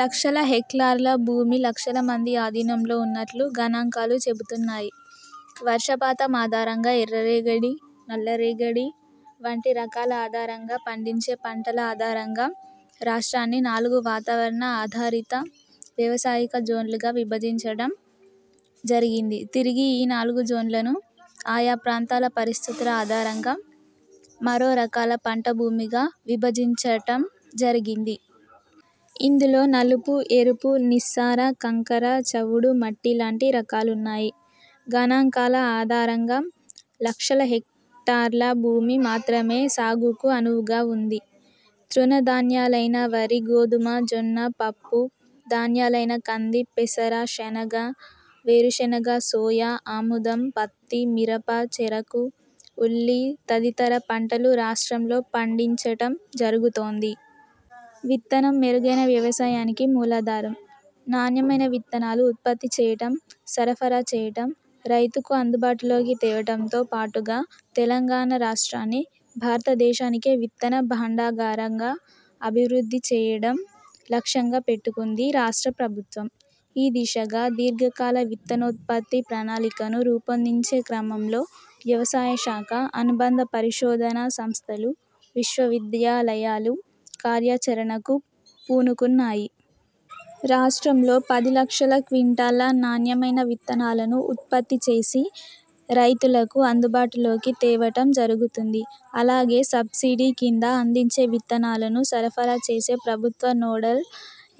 లక్షల హెక్లార్ల భూమి లక్షల మంది ఆధీనంలో ఉన్నట్లు గణాంకాలు చెబుతున్నాయి. వర్షపాతం ఆధారంగా, ఎర్రరేగడి, నల్లరేగడి వంటి రకాల ఆధారంగా, పండించే పంటల ఆధారంగా, రాష్ట్రాన్ని నాలుగు వాతావరణ ఆధారిత వ్యవసాయిక జోన్లుగా విభజించడం జరిగింది. తిరిగి, ఈ నాలుగు జోన్లను ఆయా ప్రాంతాల పరిస్థితుల ఆధారంగా మరో రకాల పంట భూమిగా విభజించటం జరిగింది. ఇందులో నలుపు, ఎరుపు, నిస్సార, కంకర చవుడు మట్టి లాంటి రకాలున్నాయి. గణాంకాల ఆధారంగా లక్షల హెక్టార్ల భూమి మాత్రమే సాగుకు అనువుగా వుంది. తృణధాన్యాలైన వరి, గోధుమ, జొన్న, పప్పు ధాన్యాలైన కంది, పెసర, శనగ, వేరుశనగ, సోయ, ఆముదం, పత్తి, మిరప, చెరకు, ఉల్లి తదితర పంటలు రాష్ట్రంలో పండించటం జరుగుతోంది. 'విత్తనం' మెరుగైన వ్యవసాయానికి మూలాధారం. నాణ్యమైన విత్తనాలు ఉత్పత్తి చేయటం, సరఫరా చేయటం, రైతుకు అందుబాటులోకి తేవటంతో పాటుగా తెలంగాణ రాష్ట్రాన్ని ''భారతదేశానికే విత్తన భాండాగారంగా'' అభివృద్ధి చేయడం లక్ష్యంగా పెట్టుకుంది రాష్ట్ర ప్రభుత్వం. ఈ దిశగా దీర్ఘకాల విత్తనోత్పత్తి ప్రణాళికలను రూపొందించే క్రమంలో వ్యవసాయ శాఖ, అనుబంధ పరిశోధనా సంస్థలు, విశ్వవిద్యాలయాలు కార్యాచరణకు పూనుకున్నాయి. రాష్ట్రంలో పది లక్షల క్వింటాళ్ళ నాణ్యమైన విత్తనాలను ఉత్పత్తి చేసి రైతులకు అందుబాటులోకి తేవటం జరుగుతుంది. అలాగే సబ్సీడీ కింద అందించే విత్తనాలను సరఫరా చేసే ప్రభుత్వ నోడల్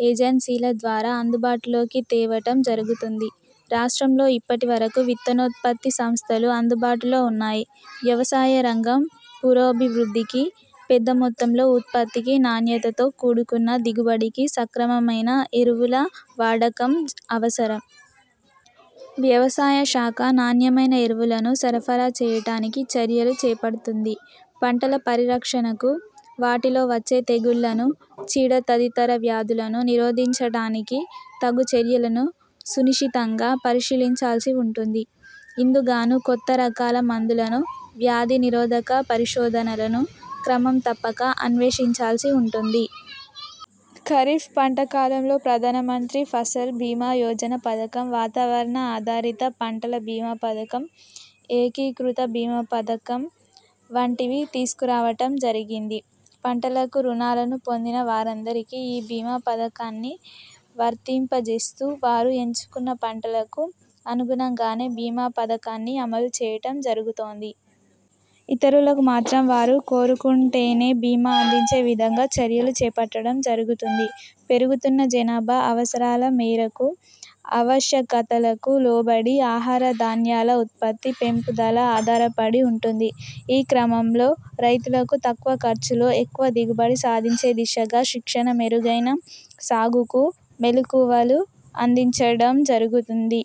ఏజెన్సీల ద్వారా అందుబాటులోకి తేవటం జరుగుతుంది. రాష్ట్రంలో ఇప్పటివరకు విత్తనోత్పత్తి సంస్థలు అందుబాటులో ఉన్నాయి. వ్యవసాయరంగం పురోభివృద్ధికి, పెద్దమొత్తంలో ఉత్పత్తికి, నాణ్యతతో కూడుకున్న దిగుబడికి సక్రమమైన ఎరువుల వాడకం అవసరం. వ్యవసాయ శాఖ నాణ్యమైన ఎరువులను సరఫరా చేయటానికి చర్యలు చేపడుతుంటుంది. పంటల పరిరక్షణకు, వాటిలో వచ్చే తెగుళ్లను, చీడ తదితర వ్యాధులను నిరోధించడానికి తగు చర్యలను సునిశితంగా పరిశీలించాల్సి ఉంటుంది. ఇందుకుగాను కొత్త రకాల మందులను, వ్యాధి నిరోధక పరిశోధనలను క్రమం తప్పక అన్వేషించాల్సి ఉంటుంది. ఖరీఫ్ పంట కాలంలో ప్రధానమంత్రి ఫసల్ భీమా యోజన పథకం, వాతావరణ ఆధారిత పంటల భీమా పథకం, ఏకీకృత భీమా పథకం వంటివి తీసుకురావటం జరిగింది. పంటలకు రుణాలను పొందిన వారందరికీ ఈ భీమా పథకాన్ని వర్తింపచేస్తూ వారు ఎంచుకున్న పంటలకు అనుగుణంగానే భీమా పథకాన్ని అమలు చేయటం జరుగుతోంది. ఇతరులకు మాత్రం వారు కోరుకుంటేనే భీమా అందించే విధంగా చర్యలు చేపట్టడం జరుగుతుంది. పెరుగుతున్న జనాభా అవసరాల మేరకు, ఆవశ్యకతలకు లోబడి ఆహార ధాన్యాల ఉత్పత్తి, పెంపుదల ఆధారపడి ఉంటుంది. ఈ క్రమంలో రైతులకు తక్కువ ఖర్చులో ఎక్కువ దిగుబడి సాధించే దిశగా శిక్షణ, మెరుగైన సాగుకు మెళుకువలు అందించడం జరుగుతుంది.